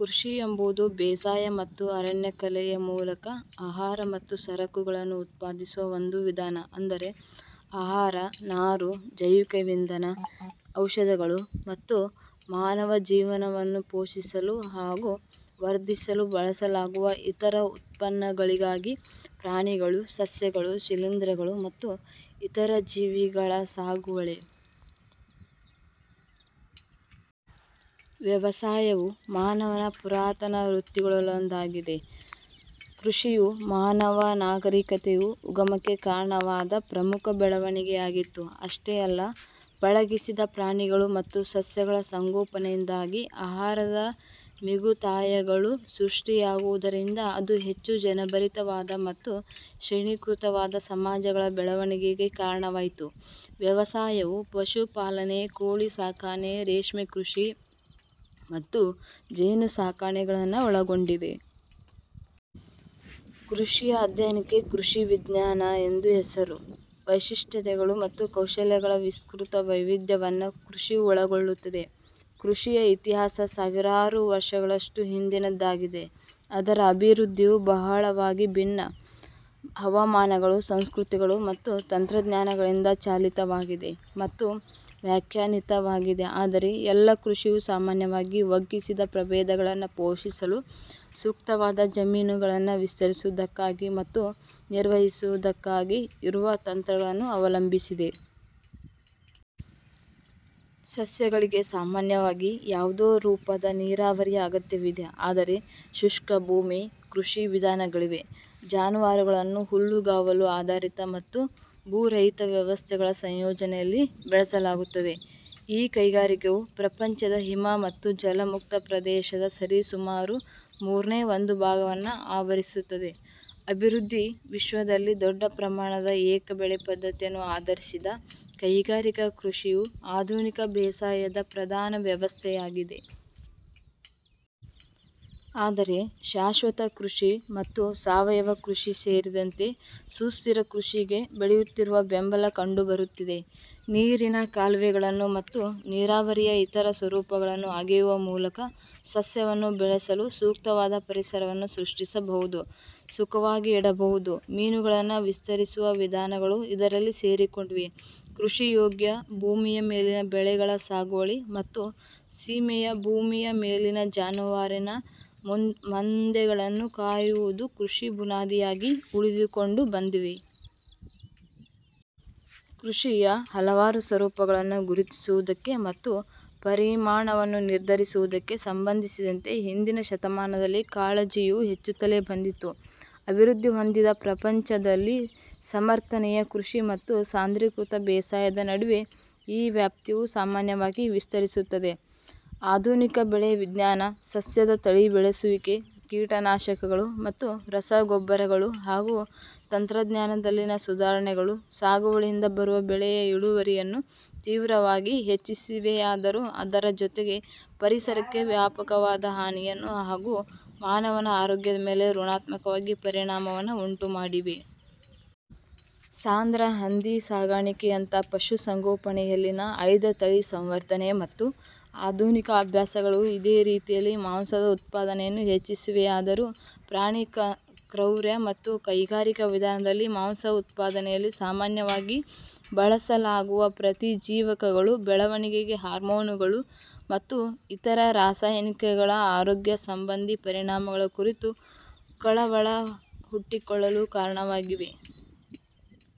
ಕೃಷಿ ಎಂಬುದು ಬೇಸಾಯ ಮತ್ತು ಅರಣ್ಯಕಲೆಯ ಮೂಲಕ ಆಹಾರ ಮತ್ತು ಸರಕುಗಳನ್ನು ಉತ್ಪಾದಿಸುವ ಒಂದು ವಿಧಾನ. ಅಂದರೆ ಆಹಾರ, ನಾರು, ಜೈವಿಕ ಇಂಧನ, ಔಷಧಗಳು ಮತ್ತು ಮಾನವ ಜೀವನವನ್ನು ಪೋಷಿಸಲು ಹಾಗೂ ವರ್ಧಿಸಲು ಬಳಸಲಾಗುವ ಇತರ ಉತ್ಪನ್ನಗಳಿಗಾಗಿ ಪ್ರಾಣಿ ಗಳು, ಸಸ್ಯಗಳು, ಶಿಲೀಂಧ್ರಗಳು, ಮತ್ತು ಇತರ ಜೀವಿಗಳ ಸಾಗುವಳಿ. ವ್ಯವಸಾಯವು ಮಾನವ ನ ಪುರಾತನ ವೃತ್ತಿಗಳಲ್ಲೊಂದಾಗಿದೆ. ಕೃಷಿಯು ಮಾನವ ನಾಗರಿಕತೆಯ ಉಗಮಕ್ಕೆ ಕಾರಣವಾದ ಪ್ರಮುಖ ಬೆಳವಣಿಗೆಯಾಗಿತ್ತು. ಅಷ್ಟೇ ಅಲ್ಲ, ಪಳಗಿಸಿದ ಪ್ರಾಣಿ ಗಳು ಮತ್ತು ಸಸ್ಯಗಳ ಸಂಗೋಪನೆಯಿಂದಾಗಿ ಆಹಾರದ ಮಿಗುತಾಯಗಳು ಸೃಷ್ಟಿಯಾಗುವುದರಿಂದ ಅದು ಹೆಚ್ಚು ಜನಭರಿತವಾದ ಮತ್ತು ಶ್ರೇಣೀಕೃತವಾದ ಸಮಾಜಗಳ ಬೆಳವಣಿಗೆಗೆ ಕಾರಣವಾಯಿತು. ವ್ಯವಸಾಯವು ಪಶುಪಾಲನೆ, ಕೋಳಿಸಾಕಣೆ, ರೇಷ್ಮೆ ಕೃಷಿ ಮತ್ತು ಜೇನುಸಾಕಣೆಗಳನ್ನು ಒಳಗೊಂಡಿದೆ. ಕೃಷಿಯ ಅಧ್ಯಯನಕ್ಕೆ ಕೃಷಿ ವಿಜ್ಞಾನ ಎಂದು ಹೆಸರು. ವೈಶಿಷ್ಟ್ಯಗಳು ಮತ್ತು ಕೌಶಲಗಳ ವಿಸ್ತೃತ ವೈವಿಧ್ಯವನ್ನು ಕೃಷಿಯು ಒಳಗೊಳ್ಳುತ್ತದೆ. ಕೃಷಿಯ ಇತಿಹಾಸ ಸಾವಿರಾರು ವರ್ಷಗಳಷ್ಟು ಹಿಂದಿನದ್ದಾಗಿದೆ. ಅದರ ಅಭಿವೃದ್ಧಿಯು ಬಹಳವಾಗಿ ಭಿನ್ನ ಹವಾಮಾನಗಳು, ಸಂಸ್ಕೃತಿಗಳು, ಮತ್ತು ತಂತ್ರಜ್ಞಾನಗಳಿಂದ ಚಾಲಿತವಾಗಿದೆ ಮತ್ತು ವ್ಯಾಖ್ಯಾನಿತವಾಗಿದೆ. ಆದರೆ, ಎಲ್ಲ ಕೃಷಿಯು ಸಾಮಾನ್ಯವಾಗಿ ಒಗ್ಗಿಸಿದ ಪ್ರಭೇದಗಳನ್ನು ಪೋಷಿಸಲು ಸೂಕ್ತವಾದ ಜಮೀನುಗಳನ್ನು ವಿಸ್ತರಿಸುವುದಕ್ಕಾಗಿ ಮತ್ತು ನಿರ್ವಹಿಸುವುದಕ್ಕಾಗಿ ಇರುವ ತಂತ್ರಗಳನ್ನು ಅವಲಂಬಿಸಿದೆ. ಸಸ್ಯಗಳಿಗೆ ಸಾಮಾನ್ಯವಾಗಿ ಯಾವುದೋ ರೂಪದ ನೀರಾವರಿಯ ಅಗತ್ಯವಿದೆ. ಆದರೆ, ಶುಷ್ಕಭೂಮಿ ಕೃಷಿ ವಿಧಾನಗಳಿವೆ. ಜಾನುವಾರುಗಳನ್ನು ಹುಲ್ಲುಗಾವಲು ಆಧಾರಿತ ಮತ್ತು ಭೂರಹಿತ ವ್ಯವಸ್ಥೆಗಳ ಸಂಯೋಜನೆಯಲ್ಲಿ ಬೆಳೆಸಲಾಗುತ್ತದೆ. ಈ ಕೈಗಾರಿಕೆಯು ಪ್ರಪಂಚದ ಹಿಮ ಮತ್ತು ಜಲಮುಕ್ತ ಪ್ರದೇಶದ ಸರಿಸುಮಾರು ಮೂರನೇ ಒಂದು ಭಾಗವನ್ನು ಆವರಿಸುತ್ತದೆ. ಅಭಿವೃದ್ಧಿ ವಿಶ್ವದಲ್ಲಿ, ದೊಡ್ಡ ಪ್ರಮಾಣದ ಏಕಬೆಳೆ ಪದ್ಧತಿಯನ್ನು ಆಧರಿಸಿದ ಕೈಗಾರಿಕಾ ಕೃಷಿಯು ಆಧುನಿಕ ಬೇಸಾಯದ ಪ್ರಧಾನ ವ್ಯವಸ್ಥೆಯಾಗಿದೆ. ಆದರೆ, ಶಾಶ್ವತಕೃಷಿ ಮತ್ತು ಸಾವಯವ ಕೃಷಿ ಸೇರಿದಂತೆ ಸುಸ್ಥಿರ ಕೃಷಿಗೆ ಬೆಳೆಯುತ್ತಿರುವ ಬೆಂಬಲ ಕಂಡುಬರುತ್ತಿದೆ. ನೀರಿನ ಕಾಲುವೆಗಳನ್ನು ಮತ್ತು ನೀರಾವರಿಯ ಇತರ ಸ್ವರೂಪಗಳನ್ನು ಅಗೆಯುವ ಮೂಲಕ, ಸಸ್ಯವನ್ನು ಬೆಳೆಸಲು ಸೂಕ್ತವಾದ ಪರಿಸರವನ್ನು ಸೃಷ್ಟಿಸಬಹುದು, ಸುಖವಾಗಿ ಇಡಬಹುದು. ಮೀನುಗಳನ್ನು ವಿಸ್ತರಿಸುವ ವಿಧಾನಗಳು ಇದರಲ್ಲಿ ಸೇರಿಕೊಂಡಿವೆ. ಕೃಷಿಯೋಗ್ಯ ಭೂಮಿಯ ಮೇಲಿನ ಬೆಳೆಗಳ ಸಾಗುವಳಿ ಮತ್ತು ಸೀಮೆಯ ಭೂಮಿಯ ಮೇಲಿನ ಜಾನುವಾರಿನ ಮಂದೆಗಳನ್ನು ಕಾಯುವುದು ಕೃಷಿಯ ಬುನಾದಿಯಾಗಿ ಉಳಿದುಕೊಂಡು ಬಂದಿದೆ. ಕೃಷಿಯ ಹಲವಾರು ಸ್ವರೂಪಗಳನ್ನು ಗುರುತಿಸುವುದಕ್ಕೆ ಮತ್ತು ಪರಿಮಾಣವನ್ನು ನಿರ್ಧರಿಸುವುದಕ್ಕೆ ಸಂಬಂಧಿಸಿದಂತೆ ಹಿಂದಿನ ಶತಮಾನದಲ್ಲಿ ಕಾಳಜಿಯು ಹೆಚ್ಚುತ್ತಲೇ ಬಂದಿತ್ತು. ಅಭಿವೃದ್ಧಿ ಹೊಂದಿದ ಪ್ರಪಂಚದಲ್ಲಿ ಸಮರ್ಥನೀಯ ಕೃಷಿ ಮತ್ತು ಸಾಂದ್ರೀಕೃತ ಬೇಸಾಯದ ನಡುವೆ ಈ ವ್ಯಾಪ್ತಿಯು ಸಾಮಾನ್ಯವಾಗಿ ವಿಸ್ತರಿಸುತ್ತದೆ. ಆಧುನಿಕ ಬೆಳೆ ವಿಜ್ಞಾನ, ಸಸ್ಯದ ತಳಿ ಬೆಳೆಸುವಿಕೆ, ಕೀಟನಾಶಕಗಳು ಮತ್ತು ರಸಗೊಬ್ಬರಗಳು, ಹಾಗೂ ತಂತ್ರಜ್ಞಾನದಲ್ಲಿನ ಸುಧಾರಣೆಗಳು ಸಾಗುವಳಿಯಿಂದ ಬರುವ ಬೆಳೆಯ ಇಳುವರಿಯನ್ನು ತೀವ್ರವಾಗಿ ಹೆಚ್ಚಿಸಿವೆಯಾದರೂ, ಅದರ ಜೊತೆಗೇ, ಪರಿಸರಕ್ಕೆ ವ್ಯಾಪಕವಾದ ಹಾನಿಯನ್ನು ಹಾಗೂ ಮಾನವನ ಆರೋಗ್ಯದ ಮೇಲೆ ಋಣಾತ್ಮಕ ಪರಿಣಾಮವನ್ನೂ ಉಂಟುಮಾಡಿವೆ. ಸಾಂದ್ರ ಹಂದಿ ಸಾಕಾಣಿಕೆಯಂಥ ಪಶು ಸಂಗೋಪನೆಯಲ್ಲಿನ ಆಯ್ದ ತಳಿ ಸಂವರ್ಧನೆ ಮತ್ತು ಆಧುನಿಕ ಅಭ್ಯಾಸಗಳು ಇದೇ ರೀತಿಯಲ್ಲಿ ಮಾಂಸ ದ ಉತ್ಪಾದನೆಯನ್ನೂ ಹೆಚ್ಚಿಸಿವೆಯಾದರೂ, ಪ್ರಾಣಿ ಕ್ರೌರ್ಯ ಮತ್ತು ಕೈಗಾರಿಕಾ ವಿಧಾನದಲ್ಲಿ ಮಾಂಸ ಉತ್ಪಾದನೆಯಲ್ಲಿ ಸಾಮಾನ್ಯವಾಗಿ ಬಳಸಲಾಗುವ ಪ್ರತಿಜೀವಿಕಗಳು, ಬೆಳವಣಿಗೆ ಹಾರ್ಮೋನುಗಳು, ಮತ್ತು ಇತರ ರಾಸಾಯನಿಕಗಳ ಆರೋಗ್ಯ ಸಂಬಂಧಿ ಪರಿಣಾಮಗಳ ಕುರಿತೂ ಕಳವಳ ಹುಟ್ಟಿಕೊಳ್ಳಲು ಕಾರಣವಾಗಿವೆ.